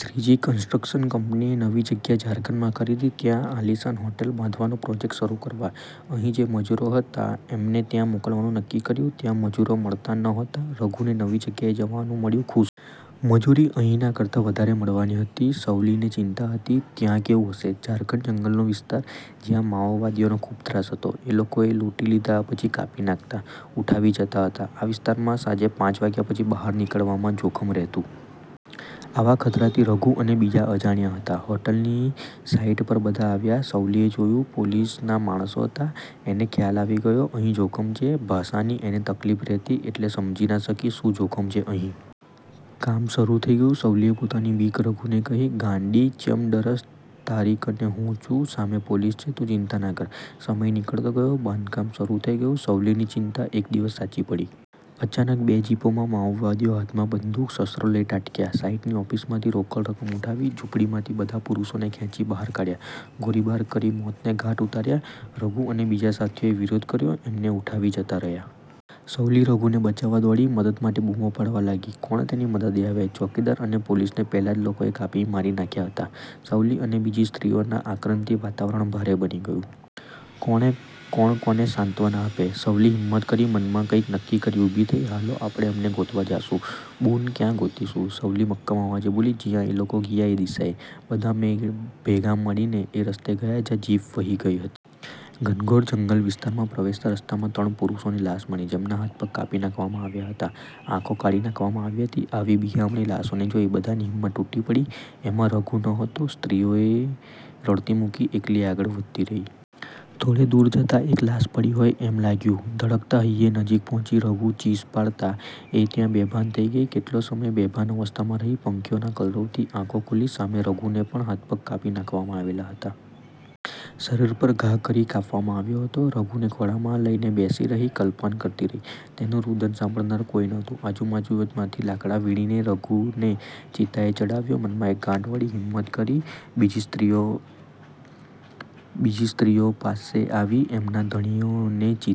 Shriji construction' કંપનીએ નવી જગ્યા ઝારખંડમાં ખરીદી, ત્યાં આલિશાન હોટેલ બાંધવાનો પ્રોજેક્ટ શરૂ કરવા, અહીં જે મજુરો હતા એમને ત્યાં મોકલવાનું નક્કી કર્યું. ત્યાં મજૂરો મળતા નહોતા. રઘુને નવી જગાએ જવાનું મળ્યું, ખુશ હતો. મજૂરી અહીંના કરતા વધારે મળવાની હતી. સવલીને ચિંતા હતી "ત્યિયા કેવું હશે?" ઝારખંડ જંગલનો વિસ્તાર, જ્યાં 'માઓવાદી'નો ખૂબ ત્રાસ હતો. એ લોકોને લૂંટી લીધા પછી કાપી નાખતા, ઉઠાવી જતા હતા. આ વિસ્તારમાં સાંજે પાંચ વાગ્યા પછી બહાર નીકળવામાં જોખમ રહેતું. આવા ખતરાથી રઘુ અને બીજા અજાણ્યા હતા. હોટલની સાઇટ પર બધા આવ્યાં, સવલીએ જોયું, પોલીસના માણસો હતા. એને ખ્યાલ આવી ગયો, અહીં જોખમ છે. ભાષાની એને તકલીફ રહેતી, એટલે સમજી ના શકી શું જોખમ છે અહીં. કામ શરૂ થઇ ગયું. સવલીએ પોતાની બીક રઘુને કહી. "ગાંડી ચ્યમ ડરશ? તારી કને હું છું, સામે પોલીસ છે, તું ચિંતા ના કર" સમય નીકળતો ગયો, બાંધકામ શરૂ થઈ ગયું. સવલીની ચિંતા એક દિવસ સાચી પડી. અચાનક બે જીપોમાં માઓવાદીઓ હાથમાં બંદૂક, શસ્ત્રો લઈ ત્રાટક્યા. સાઇટની ઓફિસમાંથી રોકડ રકમ ઉઠાવી, ઝૂંપડીમાંથી બધા પુરુષોને ખેંચી બહાર કાઢ્યા. ગોળીબાર કરી મોતને ઘાટ ઉતાર્યા. રઘુએ અને બીજા સાથીઓએ વિરોધ કર્યો, એમને ઉઠાવી જતા રહ્યા. સવલી રઘુને બચાવવા દોડી, મદદ માટે બૂમો પાડવા લાગી. કોણ તેની મદદે આવે? ચોકીદાર અને પોલીસને પહેલા જ એ લોકોએ કાપી નાખી મારી નાખ્યા હતા. સવલી અને બીજી સ્ત્રીઓના આક્રંદથી વાતાવરણ ભારે બની ગયું. કોણ કોને સાંત્વના આપે? સવલી હિંમત કરી મનમાં કંઈક નક્કી કરી ઊભી થઈ. "હાલો, આપણે એમને ગોતવા જાશું." "બુન, ક્યાં ગોતીશું?" સવલી મક્કમ અવાજે બોલી, "જીયા એ લોકો ગિયા એ દિશાએ." બધા ભેગા મળીને એ રસ્તે ગયા, જ્યાં જીપ વહી ગઇ હતી. ઘનઘોર જંગલ વિસ્તારમાં પ્રવેશતાં રસ્તામાં ત્રણ પુરૂષોની લાશ મળી. જેમના હાથ-પગ કાપી નાખવામાં આવ્યા હતા, આંખો કાઢી નાખવામાં આવી હતી. આવી બિહામણી લાશોને જોઈ બધાની હિંમત તૂટી પડી. એમાં રઘુ નહતો, સ્ત્રીઓને રડતી મૂકી એકલી આગળ વધતી રહી. થોડે દૂર જતાં એક લાશ પડી હોય એમ લાગ્યું. ધડકતા હૈયે નજીક પહોંચી, રઘુ? ચીસ પાડતાં એ ત્યાં બેભાન થઈ ગઈ. કેટલો સમય બેભાનાવસ્થામાં રહી. પંખીઓના કલરવથી આંખો ખૂલી, સામે રઘુને પણ, હાથ-પગ કાપી નાખવામાં આવેલા હતા. શરીર પર ઘા કરી કાપવામાં આવ્યો હતો. રઘુને ખોળામાં લઈને બેસી રહી, કલ્પાંત કરતી રહી. તેનું રૂદન સાંભળનાર કોઈ નહોતું. આજુબાજુમાંથી લાકડા વીણીને, રઘુને ચિતાએ ચઢાવ્યો. મનમાં એક ગાંઠ વાળી. હિમત કરી, બીજી સ્ત્રીઓ પાસે આવી. એમના ધણીઓને ચિતાએ